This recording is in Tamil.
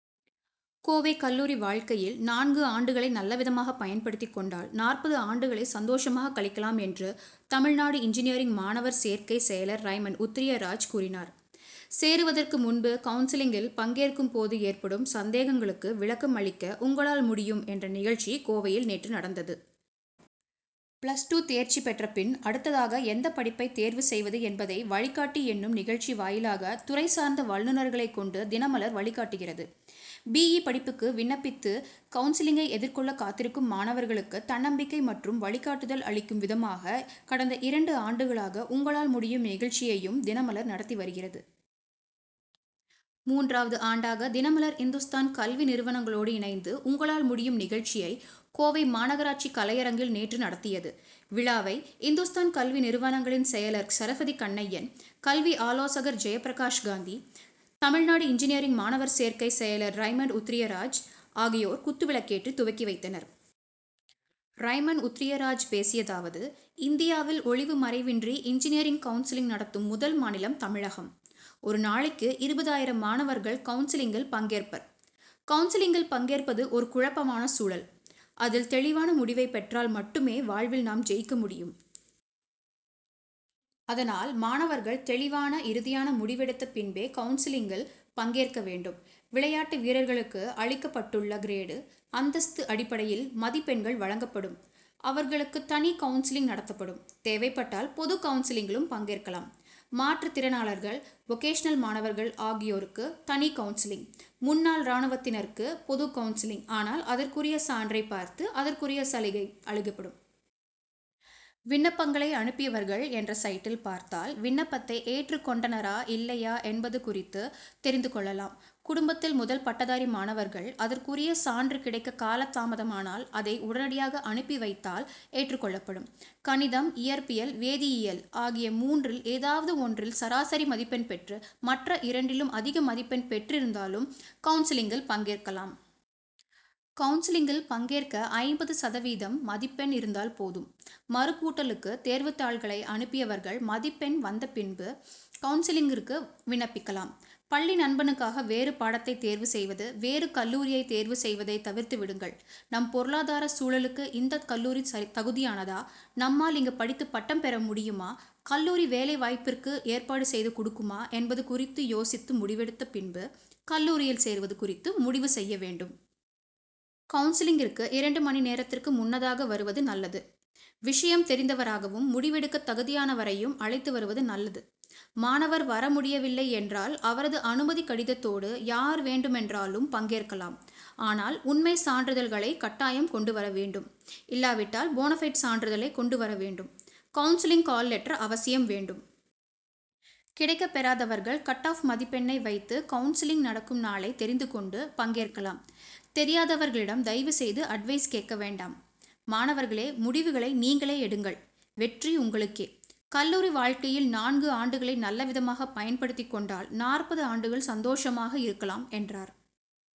கோவை கல்லூரி வாழ்க்கையில் நான்கு ஆண்டுகளை நல்லவிதமாக பயன்படுத்திக்கொண்டால், நாற்பது ஆண்டுகளை சந்தோஷமாக கழிக்கலாம் என்று தமிழ்நாடு இன்ஜினியரிங் மாணவர் சேர்க்கை செயலர் ரைமண்ட் உத்தரியராஜ் கூறினார். இ., சேருவதற்கு முன்பு கவுன்சிலிங்கில் பங்கேற்கும்போது ஏற்படும் சந்தேகங்களுக்கு விளக்கம் அளிக்க உங்களால் முடியும்' என்ற நிகழ்ச்சி கோவையில் நேற்று நடந்தது. பிளஸ் டூ தேர்ச்சி பெற்ற பின் அடுத்ததாக எந்த படிப்பை தேர்வு செய்வது என்பதை வழிகாட்டி' எனும் நிகழ்ச்சி வாயிலாக துறை சார்ந்த வல்லுனர்களை கொண்டு தினமலர்' வழிகாட்டுகிறது. பி. இ., படிப்புக்கு விண்ணப்பித்து கவுன்சிலிங்கை எதிர்கொள்ள காத்திருக்கும் மாணவர்களுக்கு தன்னம்பிக்கை மற்றும் வழிகாட்டுதல் அளிக்கும் விதமாக, கடந்த இரண்டு ஆண்டுகளாக உங்களால் முடியும்' நிகழ்ச்சியையும் தினமலர் நடத்தி வருகிறது. மூன்றாவது ஆண்டாக தினமலர்' இந்துஸ்தான் கல்வி நிறுவனங்களோடு இணைந்து உங்களால் முடியும்' நிகழ்ச்சியை, கோவை மாநகராட்சி கலையரங்கில் நேற்று நடத்தியது. விழாவை இந்துஸ்தான் கல்வி நிறுவனங்களின் செயலர் சரஸ்வதி கண்ணையன், கல்வி ஆலோசகர் ஜெயப்பிரகாஷ் காந்தி, தமிழ்நாடு இன்ஜினியரிங் மாணவர் சேர்க்கை செயலர் ரைமண்ட் உத்தரியராஜ் ஆகியோர் குத்துவிளக்கேற்றி துவக்கி வைத்தனர். ரைமண்ட் உத்தரியராஜ் பேசியதாவது இந்தியாவில் ஒளிவு மறைவின்றி இன்ஜினியரிங் கவுன்சிலிங் நடத்தும் முதல் மாநிலம் தமிழகம். ஒரு நாளைக்கு இருபது ஆயிரம் மாணவர்கள் கவுன்சிலிங்கில் பங்கேற்பர். கவுன்சிலிங்கில் பங்கேற்பது ஒரு குழப்பமான சூழல். அதில் தெளிவான முடிவை பெற்றால் மட்டுமே வாழ்வில் நாம் ஜெயிக்க முடியும். அதனால் மாணவர்கள் தெளிவான இறுதியான முடிவெடுத்த பின்பே கவுன்சிலிங்கில் பங்கேற்க வேண்டும். விளையாட்டு வீரர்களுக்கு அளிக்கப்பட்டுள்ள கிரேடு, அந்தஸ்து அடிப்படையில் மதிப்பெண்கள் வழங்கப்படும் அவர்களுக்கு தனி கவுன்சிலிங் நடத்தப்படும். தேவைப்பட்டால் பொதுகவுன்சிலிங்கிலும் பங்கேற்கலாம். மாற்றுத்திறனாளர்கள், வொகேசனல் மாணவர்கள் ஆகியோருக்கு தனி கவுன்சிலிங், முன்னாள் ராணுவத்தினருக்கு பொதுகவுன்சிலிங் ஆனால் அதற்குரிய சான்றை பார்த்து அதற்குரிய சலுகை அளிக்கப்படும். விண்ணப்பங்களை அனுப்பியவர்கள் என்ற சைட்டில் பார்த்தால் விண்ணப்பத்தை ஏற்றுக்கொண்டனரா இல்லையா என்பது குறித்து தெரிந்து கொள்ளலாம். குடும்பத்தில் முதல் பட்டதாரி மாணவர்கள் அதற்குரிய சான்று கிடைக்க காலதாமதமானால் அதை உடனடியாக அனுப்பி வைத்தால் ஏற்றுக்கொள்ளப்படும். கணிதம், இயற்பியல், வேதியியல் ஆகிய மூன்றில் ஏதாவது ஒன்றில் சராசரி மதிப்பெண் பெற்று மற்ற இரண்டிலும் அதிக மதிப்பெண் பெற்றிருந்தாலும் கவுன்சிலிங்கில் பங்கேற்கலாம். கவுன்சிலிங்கில் பங்கேற்க ஐம்பது சதவீதம் மதிப்பெண் இருந்தால் போதும். மறுகூட்டலுக்கு தேர்வுத்தாள்களை அனுப்பியவர்கள் மதிப்பெண் வந்தபின்பு கவுன்சிலிங்கிற்கு விண்ணப்பிக்கலாம். பள்ளி நண்பனுக்காக வேறுபாடத்தை தேர்வு செய்வது, வேறு கல்லூரியை தேர்வு செய்வதை தவிர்த்து விடுங்கள். நம் பொருளாதார சூழலுக்கு இந்த கல்லூரி தகுதியானதா, நம்மால் இங்கு படித்து பட்டம் பெறமுடியுமா, கல்லூரி வேலைவாய்ப்பிற்கு ஏற்பாடு செய்து கொடுக்குமா, என்பது குறித்து யோசித்து முடிவெடுத்த பின்பு கல்லூரியில் சேருவது குறித்து முடிவு செய்ய வேண்டும். கவுன்சிலிங்கிற்கு இரண்டு மணி நேரத்திற்கு முன்னதாக வருவது நல்லது, விஷயம் தெரிந்தவராகவும், முடிவெடுக்க தகுதியானவரையும் அழைத்து வருவது நல்லது. மாணவர் வரமுடியவில்லை என்றால் அவரது அனுமதிகடிதத்தோடு யார் வேண்டுமென்றாலும் பங்கேற்கலாம். ஆனால் உண்மை சான்றிதழ்களை கட்டாயம் கொண்டு வரவேண்டும். இல்லாவிட்டால் போனபைடு சான்றிதழை கொண்டுவரவேண்டும். கவுன்சிலிங் கால் லெட்டர் அவசியம் வேண்டும். கிடைக்கப்பெறாதவர்கள் கட் ஆப் மதிப்பெண்ணை வைத்து கவுன்சிலங்க் நடக்கும் நாளை தெரிந்துகொண்டு பங்கேற்கலாம். தெரியாதவர்களிடம் தயவு செய்து அட்வைஸ் கேட்கவேண்டாம். மாணவர்களே முடிவுகளை நீங்களே எடுங்கள். வெற்றி உங்களுக்கே. கல்லூரி வாழ்க்கையில் நான்கு ஆண்டுகளை நல்லவிதமாக பயன்படுத்திக்கொண்டால், நாற்பது ஆண்டுகள் சந்தோஷமாக இருக்கலாம், என்றார்.